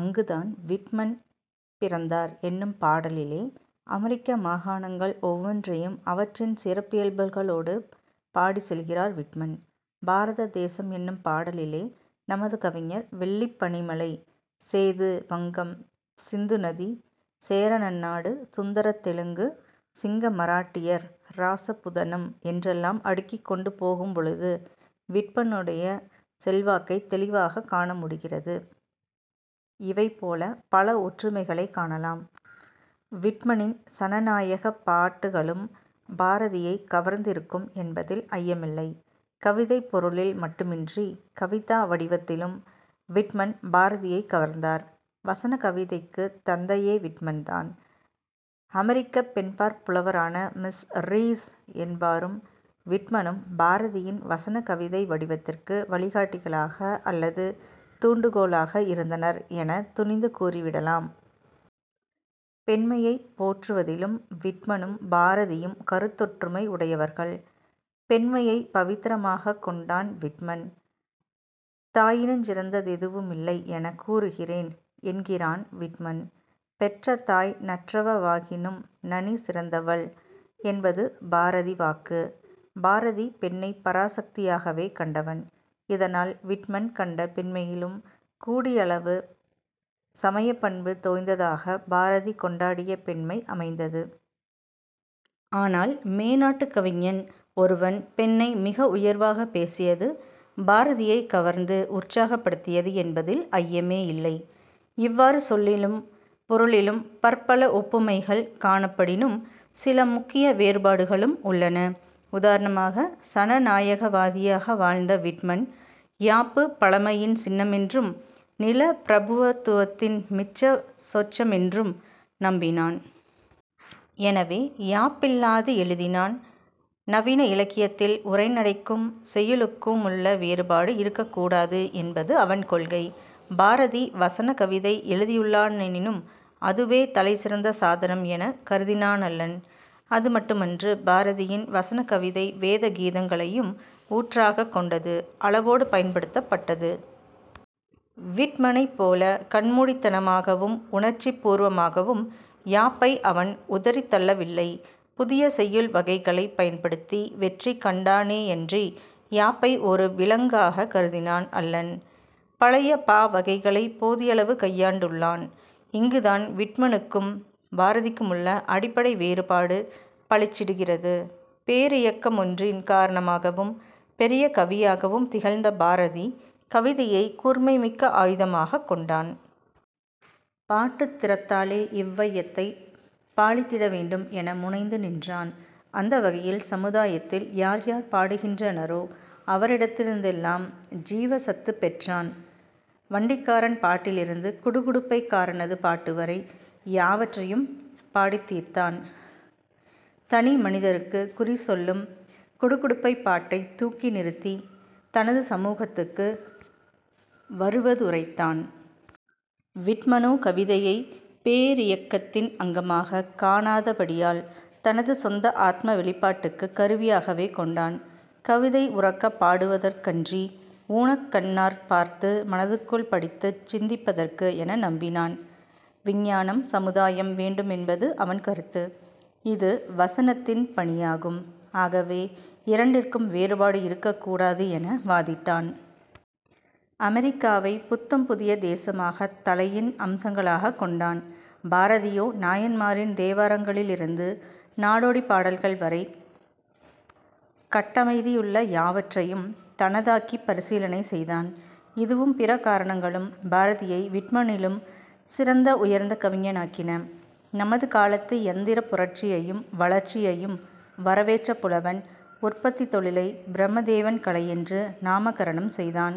அங்குதான் விட்மன் பிறந்தார் என்னும் பாடலிலே அமெரிக்க மாகாணங்கள் ஒவ்வொன்றையும் அவற்றின் சிறப்பியல்புகளோடு பாடிச் செல்கிறார் விட்மன். பாரத தேசம் என்னும் பாடலிலே நமது கவிஞர் வெள்ளிப் பனிமலை. சேது, வங்கம், சிந்து நதி, சேர நன்னாடு, சுந்தரத் தெலுங்கு, சிங்க மராட்டியர், ராசபுதனம் என்றெல்லாம் அடுக்கிக்கொண்டு போகும்பொழுது விட்மனுடைய செல்வாக்கைத் தௌிவாகக் காணமுடிகிறது. இவைபோலப் பல ஒற்றுமைகளைக் காணலாம். விட்மனின் சனநாயகப் பாட்டுக்களும் பாரதியைக் கவர்ந்திருக்கும் என்பதில் ஐயமில்லை. கவிதைப் பொருளில் மட்டுமன்றி, கவிதா வடிவத்திலும் விட்மன் பாரதியைக் கவர்ந்தார். வசன கவிதைக்குத் தந்தையே விட்மன் தான். அமெரிக்கப் பெண்பாற் புலவரான மிஸ் ரீஸ் என்பாரும் விட்மனும் பாரதியின் வசன கவிதை வடிவத்திற்கு வழிகாட்டிகளாக அல்லது தூண்டுகோலாக இருந்தனர் எனத் துணிந்து கூறிவிடலாம். பெண்மையை போற்றுவதிலும் விட்மனும் பாரதியும் கருத்தொற்றுமை உடையவர்கள். பெண்மையைப் பவித்திரமாகக் கொண்டான் விட்மன். "தாயினுஞ் சிறந்ததெதுவுமில்லை எனக் கூறுகிறேன்" என்கிறான் விட்மன். "பெற்றதாய் நற்றவ வானினும் நனி சிறந்தவள்" என்பது பாரதி வாக்கு. பாரதி பெண்ணைப் பராசக்தியாகவே கண்டவன். இதனால் விட்மன் கண்ட பெண்மையிலும் கூடியளவு சமயப் பண்பு தோய்ந்ததாகப் பாரதி கொண்டாடிய பெண்மை அமைந்தது. ஆனால் மேனாட்டுக் கவிஞன் ஒருவன் பெண்ணை மிக உயர்வாகப் பேசியது பாரதியைக் கவர்ந்து உற்சாகப்படுத்தியது என்பதில் ஐயமேயில்லை. இவ்வாறு சொல்லிலும் பொருளிலும் பற்பல ஒப்புமைகள் காணப்படினும் சில முக்கிய வேறுபாடுகளும் உள்ளன. உதாரணமாக சனநாயகவாதியாக வாழ்ந்த விட்மன், யாப்பு பழமையின் சின்னமென்றும், நிலப்பிரபுத்துவத்தின் மிச்ச சொச்சமென்றும் நம்பினான். எனவே யாப்பில்லாது எழுதினான். நவீன இலக்கியத்தில் உரைநடைக்கும் செய்யுளுக்கு முள்ள வேறுபாடு இருக்கக்கூடாது என்பது அவன் கொள்கை. பாரதி 'வசன கவிதை' எழுதியுள்ளானெனினும் அதுவே தலை சிறந்த சாதனம் எனக் கருதினானல்லன். அது மட்டுமன்று பாரதியின் 'வசன கவிதை' வேத கீதங்களையும் ஊற்றாகக் கொண்டது. அளவோடு பயன்படுத்தப்பட்டது. விட்மனைப்போல, கண்மூடித்தனமாகவும் உணர்ச்சிப் பூர்வமாகவும் யாப்பை அவன் உதறித்தள்ளவில்லை. புதிய செய்யுள் வகைகளைப் பயன்படுத்தி வெற்றிகண்டானேயன்றி யாப்பை ஒரு விலங்காகக் கருதினான் அல்லன். பழைய பா வகைகளைப் போதியளவு கையாண்டுள்ளான். இங்குதான் விட்மனுக்கும் பாரதிக்குமுள்ள அடிப்படை வேறுபாடு, பளிச்சிடுகிறது. பேரியக்க மொன்றின் காரணமாகவும் பெரிய கவியாகவும் திகழ்ந்த பாரதி, கவிதையைக் கூர்மைமிக்க ஆயுதமாகக் கொண்டான். "பாட்டுத் திறத்தாலே இவ்வையத்தைப் பாலித்திட வேண்டும்" என முனைந்து நின்றான். அந்த வகையில் சமுதாயத்தில் யார்யார் பாடுகின்றனரோ அவரிடத்திலிருந்தெல்லாம் ஜீவசத்துப் பெற்றான். வண்டிக்காரன் பாட்டிலிருந்து குடுகுடுப்பைக் காரனது பாட்டுவரை யாவற்றையும் பாடித்தீர்த்தான். தனி மனிதருக்குக் குறி சொல்லும் குடு குடுப்பைப் பாட்டைத் தூக்கி நிறுத்தித் தனது சமூகத்துக்கு வருவதுரைத்தான். விட்மனோ கவிதையைப் பேரியக்கத்தின் அங்கமாகக் காணாதபடியால், தனது சொந்த ஆத்ம வௌிப்பாட்டுக்குக் கருவியாகவே கொண்டான். கவிதை உரக்கப் பாடுவதற்கன்றி, ஊனக் கண்ணாற் பார்த்து மனத்துக்குள் படித்துச் சிந்திப்பதற்கு என நம்பினான். விஞ்ஞானம், சமுதாயம் வேண்டுமென்பது அவன் கருத்து. இஃது வசனத்தின் பணியாகும். ஆகவே, இரண்டிற்கும் வேறுபாடு இருக்கக்கூடாது என வாதிட்டான். அமெரிக்காவைப் புத்தம் புதிய தேசமாகத் தளையின் அம்சங்களாகக் கொண்டான். பாரதியோ நாயன்மாரின் தேவாரங்களிலிருந்து நாடோடிப் பாடல்கள் வரை கட்டமைதியுள்ள யாவற்றையும் தனதாக்கிப் பரிசீலனை செய்தான். இதுவும் பிற காரணங்களும் பாரதியை விட்மனிலும் சிறந்த-உயர்ந்த-கவிஞனாக்கின. நமது காலத்து யந்திரப் புரட்சியையும் வளர்ச்சியையும் வரவேற்ற புலவன் உற்பத்தித் தொழிலைப் பிரமதேவன் கலையென்று நாமகரணம் செய்தான்.